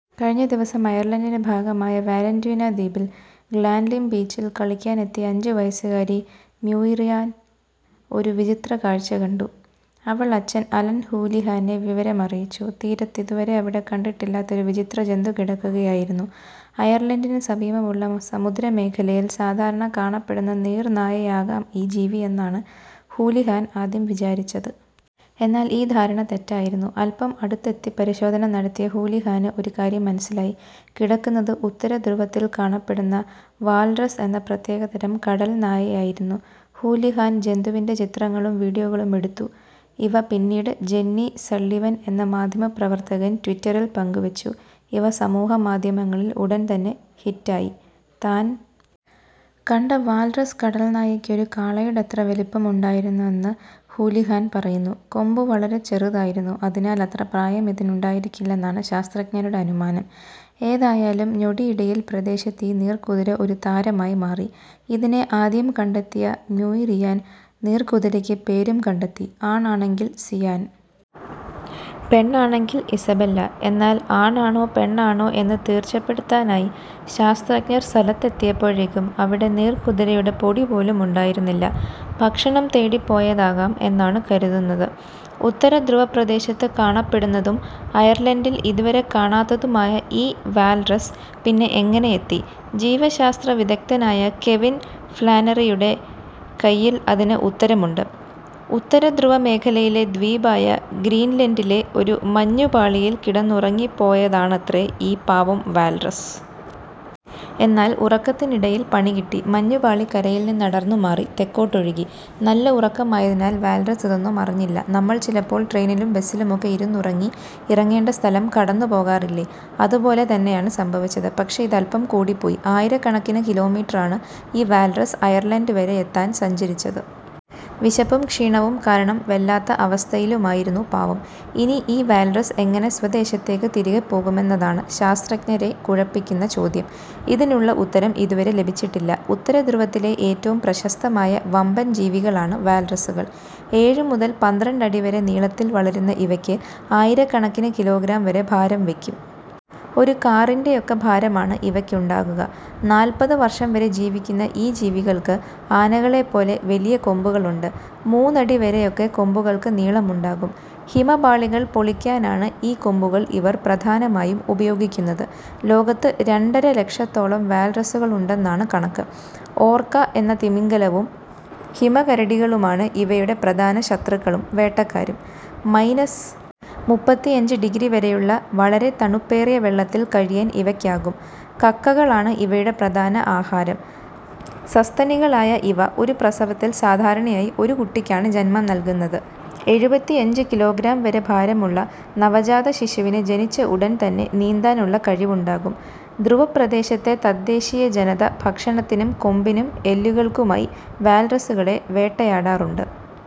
കഴിഞ്ഞ ദിവസം അയർലൻഡിന്റെ ഭാഗമായ വാലന്റീന ദ്വീപിലെ ഗ്ലാൻലിം ബീച്ചിൽ കളിക്കാനെത്തിയ അഞ്ച് വയസ്സുകാരി മ്യൂയിറിയാൻ ഒരു വിചിത്ര കാഴ്ച കണ്ടു. അവൾ അച്ഛൻ അലൻ ഹൂലിഹാനെ വിവരം അറിയിച്ചു. തീരത്ത് ഇതുവരെ അവിടെ കണ്ടിട്ടില്ലാത്ത ഒരു വിചിത്രജന്തു കിടക്കുകയായിരുന്നു. അയർലൻഡിനു സമീപമുള്ള സമുദ്രമേഖലയിൽ സാധാരണ കാണപ്പെടുന്ന നീർനായയാകാം ഈ ജീവിയെന്നാണ് ഹൂലിഹാൻ ആദ്യം വിചാരിച്ചത്. എന്നാൽ ഈ ധാരണ തെറ്റായിരുന്നു. അൽപം അടുത്തെത്തി പരിശോധന നടത്തിയ ഹൂലിഹാന് ഒരു കാര്യം മനസ്സിലായി. കിടക്കുന്നത് ഉത്തരധ്രുവത്തിൽ കാണപ്പെടുന്ന വാൽറസ് എന്ന പ്രത്യേകതരം കടലാനയായിരുന്നു. ഹൂലിഹാൻ ജന്തുവിന്റെ ചിത്രങ്ങളും വിഡിയോകളും എടുത്തു. ഇവ പിന്നീട് ജെന്നി സള്ളിവൻ എന്ന മാധ്യമപ്രവർത്തക ട്വിറ്ററിൽ പങ്കുവച്ചു. ഇവ സമൂഹമാധ്യമങ്ങളിൽ ഉടൻ തന്നെ ഹിറ്റായി. താൻ കണ്ട വാൽറസ് കടലാനയ്ക്ക് ഒരു കാളയുടെയത്ര വലുപ്പമുണ്ടായിരുന്നെന്ന് ഹൂലിഹാൻ പറയുന്നു. കൊമ്പ് വളരെ ചെറുതായിരുന്നു. അതിനാൽ അത്ര പ്രായം ഇതിനുണ്ടായിരിക്കില്ലെന്നാണ് ശാസ്ത്രജ്ഞരുടെ അനുമാനം. ഏതായാലും ഞൊടിയിടയിൽ പ്രദേശത്ത് ഈ നീർക്കുതിര ഒരു താരമായി മാറി. ഇതിനെ ആദ്യം കണ്ടെത്തിയ മ്യൂയിറിയാൻ നീർക്കുതിരയ്ക്ക് പേരും കണ്ടെത്തി. ആണാണെങ്കിൽ സിയാൻ. പെണ്ണാണെങ്കിൽ ഇസബെല്ല. എന്നാൽ ആണാണോ പെണ്ണാണോ എന്ന് തീർച്ചപ്പെടുത്താനായി ശാസ്ത്രജ്ഞർ സ്ഥലത്ത് എത്തിയപ്പോഴേക്കും അവിടെ നീർക്കുതിരയുടെ പൊടിപോലുമുണ്ടായിരുന്നില്ല. ഭക്ഷണം തേടിപ്പോയതാകാം എന്നാണു കരുതുന്നത്. ഉത്തരധ്രുവപ്രദേശത്ത് കാണപ്പെടുന്നതും അയർലൻഡിൽ ഇതുവരെ കാണാത്തതുമായ ഈ വാൽറസ് പിന്നെ എങ്ങനെ എത്തി. ജീവശാസ്ത്ര വിദഗ്ധനായ കെവിൻ ഫ്ലാനറിയുടെ കൈയിൽ അതിന് ഉത്തരമുണ്ട്. ഉത്തരധ്രുവ മേഖലയിലെ ദ്വീപായ ഗ്രീൻലൻഡിലെ ഒരു മഞ്ഞുപാളിയിൽ കിടന്നുറങ്ങിപ്പോയതാണത്രേ ഈ പാവം വാൽറസ്. എന്നാൽ ഉറക്കത്തിനിടയിൽ പണികിട്ടി. മഞ്ഞുപാളി കരയിൽ നിന്ന് അടർന്നുമാറി തെക്കോട്ടൊഴുകി. നല്ല ഉറക്കമായതിനാൽ വാൽറസ് ഇതൊന്നും അറിഞ്ഞില്ല. നമ്മൾ ചിലപ്പോൾ ട്രെയിനിലും ബസിലുമൊക്കെ ഇരുന്നുറങ്ങി ഇറങ്ങേണ്ട സ്ഥലം കടന്നുപോകാറില്ലേ. അതുപോലെ തന്നെയാണ് സംഭവിച്ചത്. പക്ഷേ ഇത് അൽപം കൂടിപ്പോയി. ആയിരക്കണക്കിന് കിലോമീറ്ററാണ് ഈ വാൽറസ് അയർലൻഡ് വരെയെത്താൻ സഞ്ചരിച്ചത്. വിശപ്പും ക്ഷീണവും കാരണം വല്ലാത്ത അവസ്ഥയിലുമായിരുന്നു പാവം.ഇനി ഈ വാൽറസ് എങ്ങനെ സ്വദേശത്തേക്ക് തിരികെപ്പോകുമെന്നതാണ് ശാസ്ത്രജ്ഞരെ കുഴപ്പിക്കുന്ന ചോദ്യം. ഇതിനുള്ള ഉത്തരം ഇതുവരെ ലഭിച്ചിട്ടില്ല. ഉത്തരധ്രുവത്തിലെ ഏറ്റവും പ്രശസ്തമായ വമ്പൻ ജീവികളാണ് വാൽറസുകൾ. ഏഴ് മുതൽ പന്ത്രണ്ട് അടി വരെ നീളത്തിൽ വളരുന്ന ഇവയ്ക്ക് ആയിരക്കണക്കിന് കിലോഗ്രാം വരെ ഭാരം വയ്ക്കും. ഒരു കാറിന്റെയൊക്കെ ഭാരമാണ് ഇവയ്ക്കുണ്ടാകുക. നാൽപ്പത് വർഷം വരെ ജീവിക്കുന്ന ഈ ജീവികൾക്ക് ആനകളെപ്പോലെ വലിയ കൊമ്പുകളുണ്ട്. മൂന്ന് അടി വരെയൊക്കെ കൊമ്പുകൾക്ക് നീളമുണ്ടാകും. ഹിമപാളികൾ പൊളിക്കാനാണ് ഈ കൊമ്പുകൾ ഇവർ പ്രധാനമായും ഉപയോഗിക്കുന്നത്. ലോകത്ത് രണ്ടര ലക്ഷത്തോളം വാൽറസുകളുണ്ടെന്നാണ് കണക്ക്. ഓർക്ക എന്ന തിമിംഗലവും ഹിമക്കരടികളുമാണ് ഇവയുടെ പ്രധാന ശത്രുക്കളും വേട്ടക്കാരും. മൈനസ് മുപ്പത്തിയഞ്ച് ഡിഗ്രി വരെയുള്ള വളരെ തണുപ്പേറിയ വെള്ളത്തിൽ കഴിയാൻ ഇവയ്ക്കാകും. കക്കകളാണ് ഇവയുടെ പ്രധാന ആഹാരം. സസ്തനികളായ ഇവ ഒരു പ്രസവത്തിൽ സാധാരണയായി ഒരു കുട്ടിക്കാണ് ജന്മം നൽകുന്നത്. എഴുപത്തിയഞ്ച് കിലോഗ്രാം വരെ ഭാരമുള്ള നവജാതശിശുവിന് ജനിച്ച് ഉടൻ തന്നെ നീന്താനുള്ള കഴിവുണ്ടാകും. ധ്രുവപ്രദേശത്തെ തദ്ദേശീയ ജനത ഭക്ഷണത്തിനും കൊമ്പിനും എല്ലുകൾക്കുമായി വാൽറസുകളെ വേട്ടയാടാറുണ്ട്.